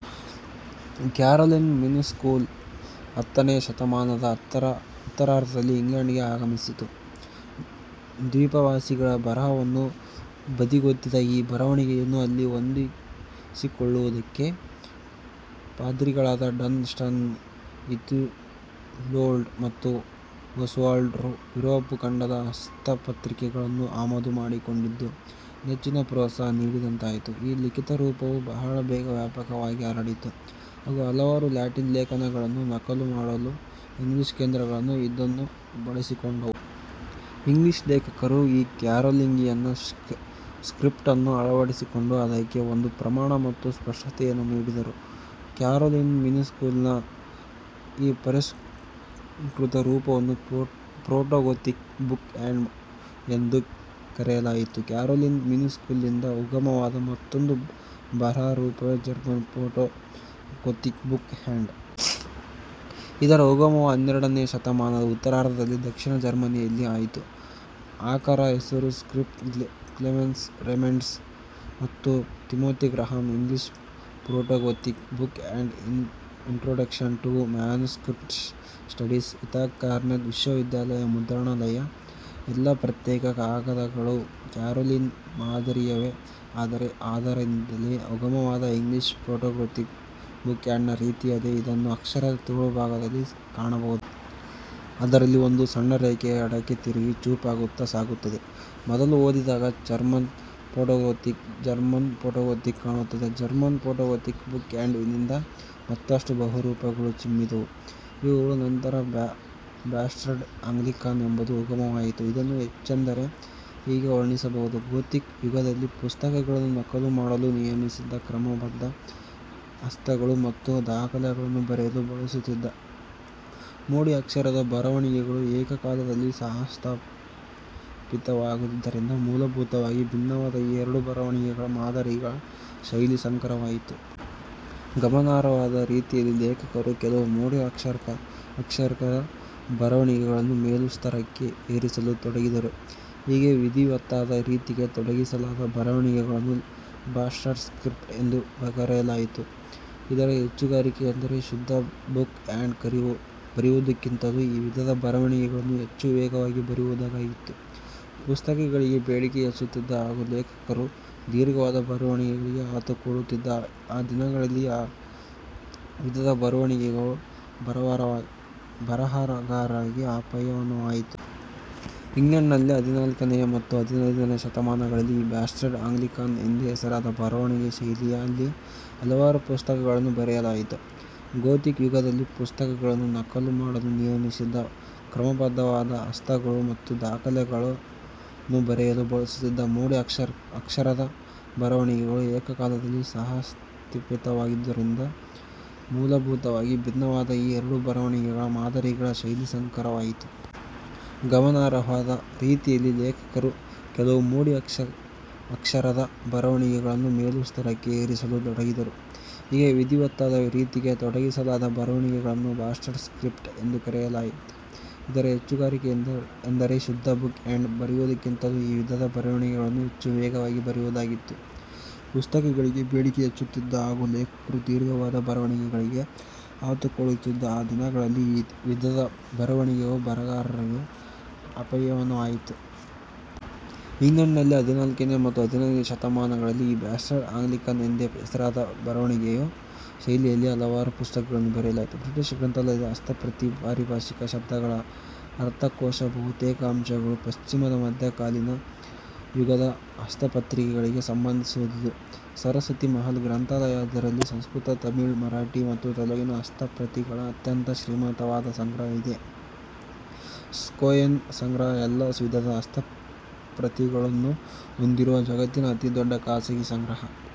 Caroline minuscule ಹತ್ತನೆಯ ಶತಮಾನದ ಉತ್ತರಾರ್ಧದಲ್ಲಿ England ಗೆ ಆಗಮಿಸಿತು. ದ್ವೀಪವಾಸಿಗಳ ಬರಹವನ್ನು ಬದಿಗೊತ್ತಿದ ಈ ಬರವಣಿಗೆಯನ್ನು ಅಲ್ಲಿ ಹೊಂದಿಸಿಕೊಳ್ಳುವುದಕ್ಕೆ ಪಾದ್ರಿಗಳಾದ ಡನ್ ಸ್ಟನ್, ಯೀಥೆಲ್ವೋಲ್ಡ್ ಮತ್ತು ಓಸ್ವಾಲ್ಡ್ ರು ಯೂರೋಪ್ ಖಂಡದ ಹಸ್ತಪ್ರತಿಗಳನ್ನು ಆಮದು ಮಾಡಿಕೊಂಡಿದ್ದು ಹೆಚ್ಚಿನ ಪ್ರೋತ್ಸಾಹ ನೀಡಿದಂತಾಯಿತು. ಈ ಲಿಖಿತರೂಪವು ಬಹಳ ಬೇಗ ವ್ಯಾಪಕವಾಗಿ ಹರಡಿತು ಹಾಗೂ ಹಲವಾರು ಲ್ಯಾಟಿನ್ ಲೇಖನಗಳನ್ನು ನಕಲು ಮಾಡಲು ಇಂಗ್ಲಿಷ್ ಕೇಂದ್ರಗಳು ಇದನ್ನು ಬಳಸಿಕೊಂಡವು. ಇಂಗ್ಲಿಷ್ ಲೇಖಕರು ಈ ಕ್ಯಾರೋಲಿಂಗಿಯನ್ ಸ್ಕ್ರಿಪ್ಟನ್ನು ಅಳವಡಿಸಿಕೊಂಡು, ಅದಕ್ಕೆ ಒಂದು ಪ್ರಮಾಣ ಮತ್ತು ಸ್ಪಷ್ಟತೆಯನ್ನು ನೀಡಿದರು. ಕ್ಯಾರೋಲಿನ್ ಮಿನಿಸ್ಕ್ಯೂಲ್ ನ ಈ ಪರಿಷ್ಕೃತ ರೂಪವನ್ನು ಪ್ರೋಟೋಗೋಥಿಕ್ ಬುಕ್ ಹ್ಯಾಂಡ್ ಎಂದು ಕರೆಯಲಾಯಿತು. ಕ್ಯಾರೋಲಿನ್ ಮಿನಿಸ್ಕ್ಯೂಲ್ ನಿಂದ ಉಗಮವಾದ ಮತ್ತೊಂದು ಬರಹರೂಪವೇ ಜರ್ಮನ್ ಪ್ರೋಟೋಗೋಥಿಕ್ ಬುಕ್ ಹ್ಯಾಂಡ್. ಇದರ ಉಗಮವು ಹನ್ನೆರಡನೆಯ ಶತಮಾನದ ಉತ್ತರಾರ್ಧದಲ್ಲಿ ದಕ್ಷಿಣ ಜರ್ಮನಿಯಲ್ಲಿ ಆಯಿತು. ಆಕರ ಹೆಸರು "ಸ್ಕ್ರಿಪ್ಟ್" ಕ್ಲೆಮೆನ್ಸ್. ರೇಮಂಡ್ ಮತ್ತು Timothy Graham. "English protogothic book hand" in introduction to manuscript studies. Ithaca Cornell ವಿಶ್ವವಿದ್ಯಾಲಯ ಮುದ್ರಣಾಲಯ, ಎಲ್ಲಾ ಪ್ರತ್ಯೇಕ ಕಾಗದಗಳೂ ಕ್ಯಾರೋಲಿನ್ ಮಾದರಿಯವೆ; ಆದರೆ ಅದರಿಂದಲೇ ಉಗಮವಾದ ಇಂಗ್ಲಿಷ್ ಪ್ರೋಟೋಗೋಥಿಕ್ ಬುಕ್ ಹ್ಯಾಂಡ್ ನ ರೀತಿಯದೇ ಇದನ್ನು ಅಕ್ಷರದ ತೋಳುಭಾಗದಲ್ಲಿ ಕಾಣಬಹುದು. ಅದರಲ್ಲಿ ಒಂದು ಸಣ್ಣರೇಖೆಯು ಎಡಕ್ಕೆ ತಿರುಗಿ ಚೂಪಾಗುತ್ತಾ ಸಾಗುತ್ತದೆ. ಮೊದಲು ಓದಿದಾಗ ಜರ್ಮನ್ ಪ್ರೋಟೋಗೋಥಿಕ್ ಜರ್ಮನ್ ಪ್ರೋಟೋಗೋಥಿಕ್ ಕಾಣುತ್ತದೆ. ಜರ್ಮನ್ ಪ್ರೋಟೋಗೋಥಿಕ್ ಬುಕ್ ಹ್ಯಾಂಡ್ ನಿಂದ ಮತ್ತಷ್ಟು ಬರಹರೂಪಗಳು ಚಿಮ್ಮಿದವು. ಇವುಗಳ ನಂತರ ಬಾಸ್ಟರ್ಡ್ ಆಂಗ್ಲಿಕಾನಾ ಎಂಬುದು ಉಗಮವಾಯಿತು. ಇದನ್ನು ಹೆಚ್ಚೆಂದರೆ ಹೀಗೆ ವರ್ಣಿಸಬಹುದು, ಗೋಥಿಕ್ ಯುಗದಲ್ಲಿ ಪುಸ್ತಕಗಳನ್ನು ನಕಲು ಮಾಡಲು ನಿಯಮಿಸಿದ್ದ ಕ್ರಮಬದ್ಧ ಹಸ್ತಗಳು ಮತ್ತು ದಾಖಲೆಗಳನ್ನು ಬರೆಯಲು ಬಳಸುತ್ತಿದ್ದ ಮೋಡಿ ಅಕ್ಷರದ ಬರವಣಿಗೆಗಳು ಏಕಕಾಲದಲ್ಲಿ ಸಹಸ್ಥಾಪಿತವಾಗಿದ್ದುದರಿಂದ ಮೂಲಭೂತವಾಗಿ ಭಿನ್ನವಾದ ಈ ಎರಡು ಬರವಣಿಗೆಗಳ ಮಾದರಿಗಳ ಶೈಲಿ-ಸಂಕರವಾಯಿತು. ಗಮನಾರ್ಹವಾದ ರೀತಿಯಲ್ಲಿ ಲೇಖಕರು ಕೆಲವು ಮೋಡಿ ಅಕ್ಷರದ ಬರವಣಿಗೆಗಳನ್ನು ಮೇಲುಸ್ತರಕ್ಕೆ ಏರಿಸಲು ತೊಡಗಿದರು. ಹೀಗೆ ವಿಧಿವತ್ತಾದ ರೀತಿಗೆ ತೊಡಗಿಸಲಾದ ಬರವಣಿಗೆಗಳನ್ನು ಬಾಸ್ಟರ್ಡ್ ಸ್ಕ್ರಿಪ್ಟ್ ಎಂದು ಕರೆಯಲಾಯಿತು. ಇದರ ಹೆಚ್ಚುಗಾರಿಕೆಯೆಂದರೆ ಶುದ್ಧ ಬುಕ್ ಹ್ಯಾಂಡ್ ಬರೆಯುವುದಕ್ಕಿಂತಲೂ ಈ ವಿಧದ ಬರವಣಿಗೆಗಳನ್ನು ಹೆಚ್ಚು ವೇಗವಾಗಿ ಬರೆಯಬಹುದಾಗಿತ್ತು. ಪುಸ್ತಕಗಳಿಗೆ ಬೇಡಿಕೆ ಹೆಚ್ಚುತ್ತಿದ್ದ ಹಾಗೂ ಲೇಖಕರು ದೀರ್ಘವಾದ ಬರವಣಿಗೆಗಳಿಗೆ ಆತುಕೊಳ್ಳುತ್ತಿದ್ದ ಆ ದಿನಗಳಲ್ಲಿ ಈ ವಿಧದ ಬರವಣಿಗೆಯು ಬರಹಗಾರರಿಗೆ ಆಪ್ಯಾಯಮಾನವಾಯಿತು. ಇಂಗ್ಲೆಂಡ್ ನಲ್ಲಿ ಹದಿನಾಲ್ಕನೆಯ ಮತ್ತು ಹದಿನೈದನೆಯ ಶತಮಾನಗಳಲ್ಲಿ ಈ ಬಾಸ್ಟರ್ಡ್ ಆಂಗ್ಲಿಕಾನಾ ಎಂದೇ ಹೆಸರಾದ ಬರವಣಿಗೆಯ ಶೈಲಿಯಲ್ಲಿ ಹಲವಾರು ಪುಸ್ತಕಗಳನ್ನು ಬರೆಯಲಾಯಿತು. ಗೋಥಿಕ್ ಯುಗದಲ್ಲಿ ಪುಸ್ತಕಗಳನ್ನು ನಕಲು ಮಾಡಲು ನಿಯಮಿಸಿದ್ದ ಕ್ರಮಬದ್ಧ ಹಸ್ತಗಳು ಮತ್ತು ದಾಖಲೆಗಳನ್ನು ಬರೆಯಲು ಬಳಸುತ್ತಿದ್ದ ಮೋಡಿ ಅಕ್ಷರದ ಬರವಣಿಗೆಗಳು ಏಕಕಾಲದಲ್ಲಿ ಸಹಸ್ಥಾಪಿತವಾಗಿದ್ದುದರಿಂದ ಮೂಲಭೂತವಾಗಿ ಭಿನ್ನವಾದ ಈ ಎರಡು ಬರವಣಿಗೆಗಳ ಮಾದರಿಗಳ ಶೈಲಿ ಸಂಕರವಾಯಿತು. ಗಮನಾರ್ಹವಾದ ರೀತಿಯಲ್ಲಿ ಲೇಖಕರು ಕೆಲವು ಮೋಡಿ ಅಕ್ಷರದ ಬರವಣಿಗೆಗಳನ್ನು ಮೇಲುಸ್ತರಕ್ಕೆ ಏರಿಸಲು ತೊಡಗಿದರು. ಹೀಗೆ ವಿಧಿವತ್ತಾದ ರೀತಿಗೆ ತೊಡಗಿಸಲಾದ ಬರವಣಿಗೆಗಳನ್ನು ಬಾಸ್ಟರ್ಡ್ ಸ್ಕ್ರಿಪ್ಟ್ ಎಂದು ಕರೆಯಲಾಯಿತು. ಇದರ ಹೆಚ್ಚುಗಾರಿಕೆಯೆಂದರೆ ಶುದ್ಧ ಬುಕ್ ಹ್ಯಾಂಡ್ ಬರೆಯುವುದಕ್ಕಿಂತಲೂ ಈ ವಿಧದ ಬರವಣಿಗೆಗಳನ್ನು ಹೆಚ್ಚು ವೇಗವಾಗಿ ಬರೆಯಬಹುದಾಗಿತ್ತು. ಪುಸ್ತಕಗಳಿಗೆ ಬೇಡಿಕೆ ಹೆಚ್ಚುತ್ತಿದ್ದ ಹಾಗೂ ಲೇಖಕರು ದೀರ್ಘವಾದ ಬರವಣಿಗೆಗಳಿಗೆ ಆತುಕೊಳ್ಳುತ್ತಿದ್ದ ಆ ದಿನಗಳಲ್ಲಿ ಈ ವಿಧದ ಬರವಣಿಗೆಯು ಬರಹಗಾರರಿಗೆ ಆಪ್ಯಾಯಮಾನವಾಯಿತು. ಇಂಗ್ಲೆಂಡ್ ನಲ್ಲಿ ಹದಿನಾಲ್ಕನೆಯ ಮತ್ತು ಹದಿನೈದನೆಯ ಶತಮಾನಗಳಲ್ಲಿ ಈ ಬಾಸ್ಟರ್ಡ್ ಆಂಗ್ಲಿಕಾನಾ ಎಂದೇ ಹೆಸರಾದ ಬರವಣಿಗೆಯ ಶೈಲಿಯಲ್ಲಿ ಹಲವಾರು ಪುಸ್ತಕಗಳನ್ನು ಬರೆಯಲಾಯಿತು. ಬ್ರಿಟಿಷ್ ಗ್ರಂಥಾಲಯದ ಹಸ್ತಪ್ರತಿ ಪಾರಿಭಾಷಿಕ ಶಬ್ದಗಳ ಅರ್ಥಕೋಶ ಬಹುತೇಕ ಅಂಶಗಳು ಪಶ್ಚಿಮದ ಮಧ್ಯಕಾಲೀನ ಯುಗದ ಹಸ್ತಪ್ರತಿಗಳಿಗೆ ಸಂಬಂಧಿಸುದುದು ಸರಸ್ವತಿಮಹಲ್ ಗ್ರಂಥಾಲಯ. ಇದರಲ್ಲಿ ಸಂಸ್ಕೃತ, ತಮಿಳ್, ಮರಾಠಿ ಮತ್ತು ತೆಲುಗಿನ ಹಸ್ತಪ್ರತಿಗಳ ಅತ್ಯಂತ ಶ್ರೀಮಂತವಾದ ಸಂಗ್ರಹ ವಿದೆ ಸ್ಕೋಯೆನ್ ಸಂಗ್ರಹ ಎಲ್ಲಾ ವಿಧದ ಹಸ್ತಪ್ರತಿಗಳನ್ನು ಹೊಂದಿರುವ ಜಗತ್ತಿನ ಅತಿ ದೊಡ್ಡ ಖಾಸಗಿ ಸಂಗ್ರಹ.